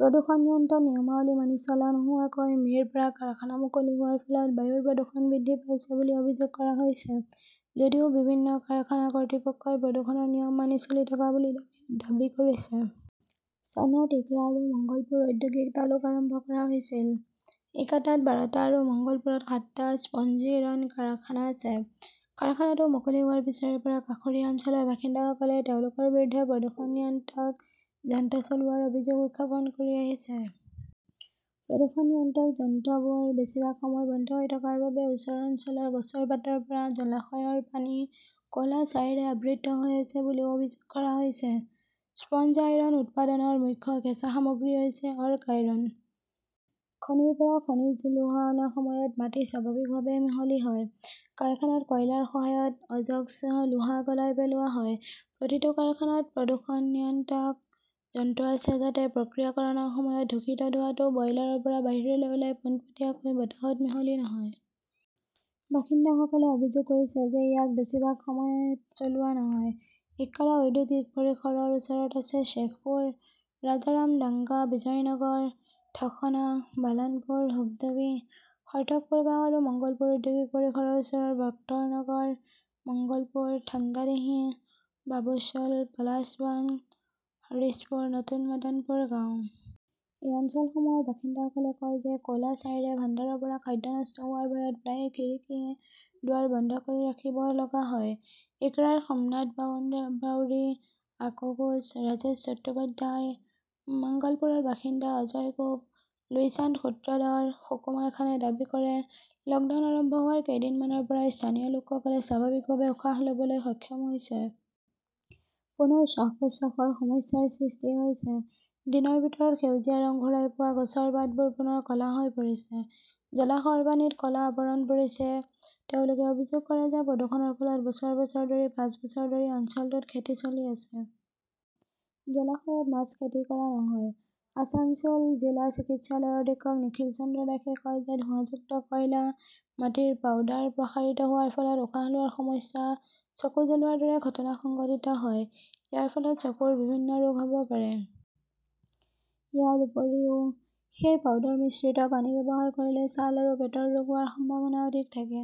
প্ৰদূষণ নিয়ন্ত্ৰণ নিয়মাৱলী মানি চলা নোহোৱাকৈ মে 'ৰ পৰা কাৰখানা মুকলি হোৱাৰ ফলত বায়ুৰ প্ৰদূষণ বৃদ্ধি পাইছে বুলি অভিযোগ কৰা হৈছে। যদিও বিভিন্ন কাৰখানা কৰ্তৃপক্ষই প্ৰদূষণৰ নিয়ম মানি চলি থকা বুলি দাবী কৰিছে। চনত ইকৰা আৰু মঙ্গলপুৰ ঔদ্যোগিক তালুক আৰম্ভ কৰা হৈছিল। ইকাতাত বাৰটা আৰু মঙ্গলপুৰত সাতটা স্পঞ্জইৰন কাৰখানা আছে। কাৰখানাটো মুকলি হোৱাৰ পিছৰে পৰা কাষৰীয়া অঞ্চলৰ বাসিন্দাসকলে তেওঁলোকৰ বিৰুদ্ধে প্ৰদূষণ নিয়ন্ত্ৰক যন্ত্ৰ চলোৱাৰ অভিযোগ উত্থাপন কৰি আহিছে। প্ৰদূষণ নিয়ন্ত্ৰক যন্ত্ৰবোৰ বেছিভাগ সময় বন্ধ হৈ থকাৰ বাবে ওচৰৰ অঞ্চলৰ গছৰ পাতৰ পৰা জলাশয়ৰ পানী ক 'লা ছাইৰে আবৃত হৈ আছে বুলিও অভিযোগ কৰা হৈছে। স্পঞ্জ আইৰণ উৎপাদনৰ মুখ্য কেঁচা সামগ্ৰী হৈছে অৰ্ক আইৰণ। খনিৰ পৰা খনিজ লোহা অনাৰ সময়ত মাটি স্বাভাৱিকভাৱেই মিহলি হয়। কাৰখানাত কয়লাৰ সহায়ত অযস্ক লোহা গলাই পেলোৱা হয়। প্ৰতিটো কাৰখানাত প্ৰদূষণ নিয়ন্ত্ৰক যন্ত্ৰ আছে যাতে প্ৰক্ৰিয়াকৰণৰ সময়ত দূষিত ধোঁৱাটো বয়লাৰৰ পৰা বাহিৰলৈ ওলাই পোনপটীয়াকৈ বতাহত মিহলি নহয়। বাসিন্দাসকলে অভিযোগ কৰিছে যে ইয়াক বেছিভাগ সময়ত চলোৱা নহয়। ইক্কাৰা ঔদ্যোগিক পৰিসৰৰ ওচৰত আছে শ্বেখপুৰ, ৰাজাৰামডাংগা, বিজয়নগৰ, ধসনা, বালানপুৰ, হুবডুবি, সৰ্থকপুৰ গাঁও আৰু মঙ্গলপুৰ ঔদ্যোগিক পৰিসৰৰ ওচৰৰ বক্তৰনগৰ, মঙ্গলপুৰ, থান্ডাডিহি, বাবুশ্বোল, পলাশবন, হৰিশপুৰ, নতুন মদনপুৰ গাঁও। এই অঞ্চলসমূহৰ বাসিন্দাসকলে কয় যে ক 'লা ছাইৰে ভাণ্ডাৰৰ পৰা খাদ্য নষ্ট হোৱাৰ ভয়ত প্ৰায়ে খিৰিকী, দুৱাৰ বন্ধ কৰি ৰাখিব লগা হয়। ইকৰাৰ সোমনাথ বাউৰী, আকু ঘোষ, ৰাজেশ চট্টোপাধ্যায়, মাংগালপুৰৰ বাসিন্দা অজয় গোপ, লুইচান্দ সূত্ৰধৰ, সুকুমাৰ খানে দাবী কৰে, লকডাউন আৰম্ভ হোৱাৰ কেইদিনমানৰ পৰাই স্থানীয় লোকসকলে স্বাভাৱিকভাৱে উশাহ লবলৈ সক্ষম হৈছে। পুনৰ শ্বাস-প্ৰশ্বাসৰ সমস্যাৰ সৃষ্টি হৈছে। দিনৰ ভিতৰত সেউজীয়া ৰং ঘূৰাই পোৱা গছৰ পাতবোৰ পুনৰ ক 'লা হৈ পৰিছে। জলাশয়ৰ পানীত ক 'লা আৱৰণ পৰিছে। তেওঁলোকে অভিযোগ কৰে যে প্ৰদূষণৰ ফলত বছৰ বছৰ ধৰি পাঁচ বছৰ ধৰি অঞ্চলটোত খেতি চলি আছে। জলাশয়ত মাছ খেতি কৰা নহয়। আসানছোল জিলা চিকিৎসালয়ৰ অধীক্ষক নিখিল চন্দ্ৰ দাসে কয় যে ধোঁৱাযুক্ত কয়লা, মাটিৰ পাউডাৰ প্ৰসাৰিত হোৱাৰ ফলত উশাহ লোৱাৰ সমস্যা, চকু জ্বলোৱাৰ দৰে ঘটনা সংঘটিত হয়। ইয়াৰ ফলত চকুৰ বিভিন্ন ৰোগ হব পাৰে। ইয়াৰ উপৰিও, সেই পাউডাৰ মিশ্ৰিত পানী ব্যৱহাৰ কৰিলে ছাল আৰু পেটৰ ৰোগ হোৱাৰ সম্ভাৱনা অধিক থাকে।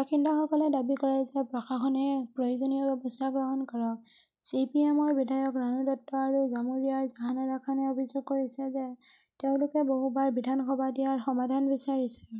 বাসিন্দাসকলে দাবী কৰে যে প্ৰশাসনে প্ৰয়োজনীয় ব্যৱস্থা গ্ৰহণ কৰক। চি. পি. এম. -ৰ বিধায়ক ৰানু দত্ত আৰু জামুৰিয়াৰ জাহানৰা খানে অভিযোগ কৰিছে যে তেওঁলোকে বহুবাৰ বিধান সভাত ইয়াৰ সমাধান বিচাৰিছে।